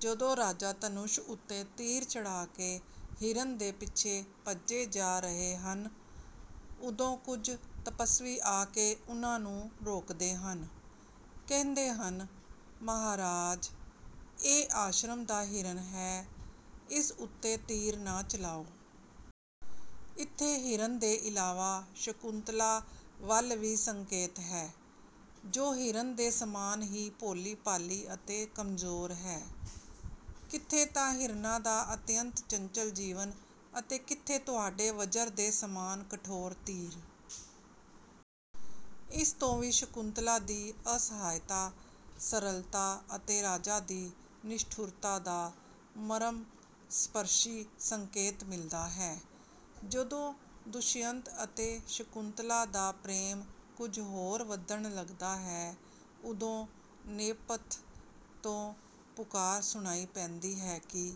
ਜਦੋਂ ਰਾਜਾ ਧਨੁਸ਼ ਉੱਤੇ ਤੀਰ ਚੜ੍ਹਾ ਕੇ ਹਿਰਨ ਦੇ ਪਿੱਛੇ ਭੱਜੇ ਜਾ ਰਹੇ ਹਨ, ਉਦੋਂ ਕੁਝ ਤਪੱਸਵੀ ਆ ਕੇ ਉਨ੍ਹਾਂ ਨੂੰ ਰੋਕਦੇ ਹਨ। ਕਹਿੰਦੇ ਹਨ, “ਮਹਾਰਾਜ! ਇਹ ਆਸ਼ਰਮ ਦਾ ਹਿਰਨ ਹੈ, ਇਸ ਉੱਤੇ ਤੀਰ ਨਾ ਚਲਾਓ।” ਇੱਥੇ ਹਿਰਨ ਦੇ ਇਲਾਵਾ ਸ਼ਕੁੰਤਲਾ ਵੱਲ ਵੀ ਸੰਕੇਤ ਹੈ, ਜੋ ਹਿਰਨ ਦੇ ਸਮਾਨ ਹੀ ਭੋਲੀ-ਭਾਲੀ ਅਤੇ ਕਮਜ਼ੋਰ ਹੈ। “ਕਿੱਥੇ ਤਾਂ ਹਿਰਨਾਂ ਦਾ ਅਤਿਅੰਤ ਚੰਚਲ ਜੀਵਨ ਅਤੇ ਕਿੱਥੇ ਤੁਹਾਡੇ ਵਜਰ ਦੇ ਸਮਾਨ ਕਠੋਰ ਤੀਰ!” ਇਸ ਤੋਂ ਵੀ ਸ਼ਕੁੰਤਲਾ ਦੀ ਅਸਹਾਇਤਾ, ਸਰਲਤਾ ਅਤੇ ਰਾਜਾ ਦੀ ਨਿਸ਼ਠੁਰਤਾ ਦਾ ਮਰਮਸਪਰਸ਼ੀ ਸੰਕੇਤ ਮਿਲਦਾ ਹੈ। ਜਦੋਂ ਦੁਸ਼ਿਅੰਤ ਅਤੇ ਸ਼ਕੁੰਤਲਾ ਦਾ ਪ੍ਰੇਮ ਕੁਝ ਹੋਰ ਵਧਣ ਲੱਗਦਾ ਹੈ, ਉਦੋਂ ਨੇਪਥ ਤੋਂ ਪੁਕਾਰ ਸੁਣਾਈ ਪੈਂਦੀ ਹੈ ਕਿ,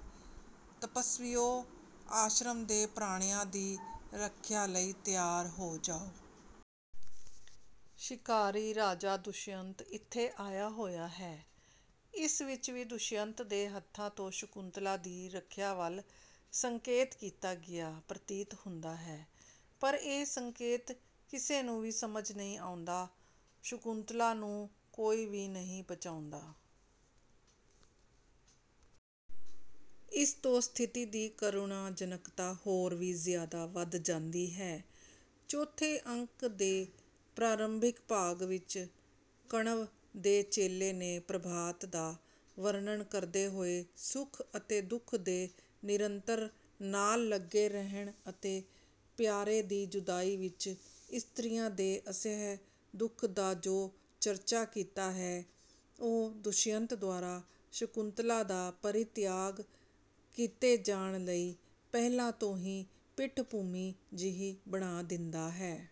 “ਤਪੱਸਵੀਓ, ਆਸ਼ਰਮ ਦੇ ਪ੍ਰਾਣੀਆਂ ਦੀ ਰੱਖਿਆ ਲਈ ਤਿਆਰ ਹੋ ਜਾਓ। ਸ਼ਿਕਾਰੀ ਰਾਜਾ ਦੁਸ਼ਿਅੰਤ ਇੱਥੇ ਆਇਆ ਹੋਇਆ ਹੈ।” ਇਸ ਵਿੱਚ ਵੀ ਦੁਸ਼ਿਅੰਤ ਦੇ ਹੱਥਾਂ ਤੋਂ ਸ਼ਕੁੰਤਲਾ ਦੀ ਰੱਖਿਆ ਵੱਲ ਸੰਕੇਤ ਕੀਤਾ ਗਿਆ ਪ੍ਰਤੀਤ ਹੁੰਦਾ ਹੈ, ਪਰ ਇਹ ਸੰਕੇਤ ਕਿਸੇ ਨੂੰ ਵੀ ਸਮਝ ਨਹੀਂ ਆਉਂਦਾ; ਸ਼ਕੁੰਤਲਾ ਨੂੰ ਕੋਈ ਵੀ ਨਹੀਂ ਬਚਾਉਂਦਾ। ਇਸ ਤੋਂ ਸਥਿਤੀ ਦੀ ਕਰੁਣਾਜਨਕਤਾ ਹੋਰ ਵੀ ਜ਼ਿਆਦਾ ਵੱਧ ਜਾਂਦੀ ਹੈ। ਚੌਥੇ ਅੰਕ ਦੇ ਪ੍ਰਾਰੰਭਿਕ ਭਾਗ ਵਿੱਚ ਕਣਵ ਦੇ ਚੇਲੇ ਨੇ ਪ੍ਰਭਾਤ ਦਾ ਵਰਣਨ ਕਰਦੇ ਹੋਏ ਸੁਖ ਅਤੇ ਦੁੱਖ ਦੇ ਨਿਰੰਤਰ ਨਾਲ ਲੱਗੇ ਰਹਿਣ ਅਤੇ ਪਿਆਰੇ ਦੀ ਜੁਦਾਈ ਵਿੱਚ ਇਸਤਰੀਆਂ ਦੇ ਅਸਹਿ ਦੁੱਖ ਦਾ ਜੋ ਚਰਚਾ ਕੀਤਾ ਹੈ, ਉਹ ਦੁਸ਼ਿਅੰਤ ਦੁਆਰਾ ਸ਼ਕੁੰਤਲਾ ਦਾ ਪਰਿਤਿਆਗ ਕੀਤੇ ਜਾਣ ਲਈ ਪਹਿਲਾਂ ਤੋਂ ਹੀ ਪਿੱਠਭੂਮੀ ਜਿਹੀ ਬਣਾ ਦਿੰਦਾ ਹੈ।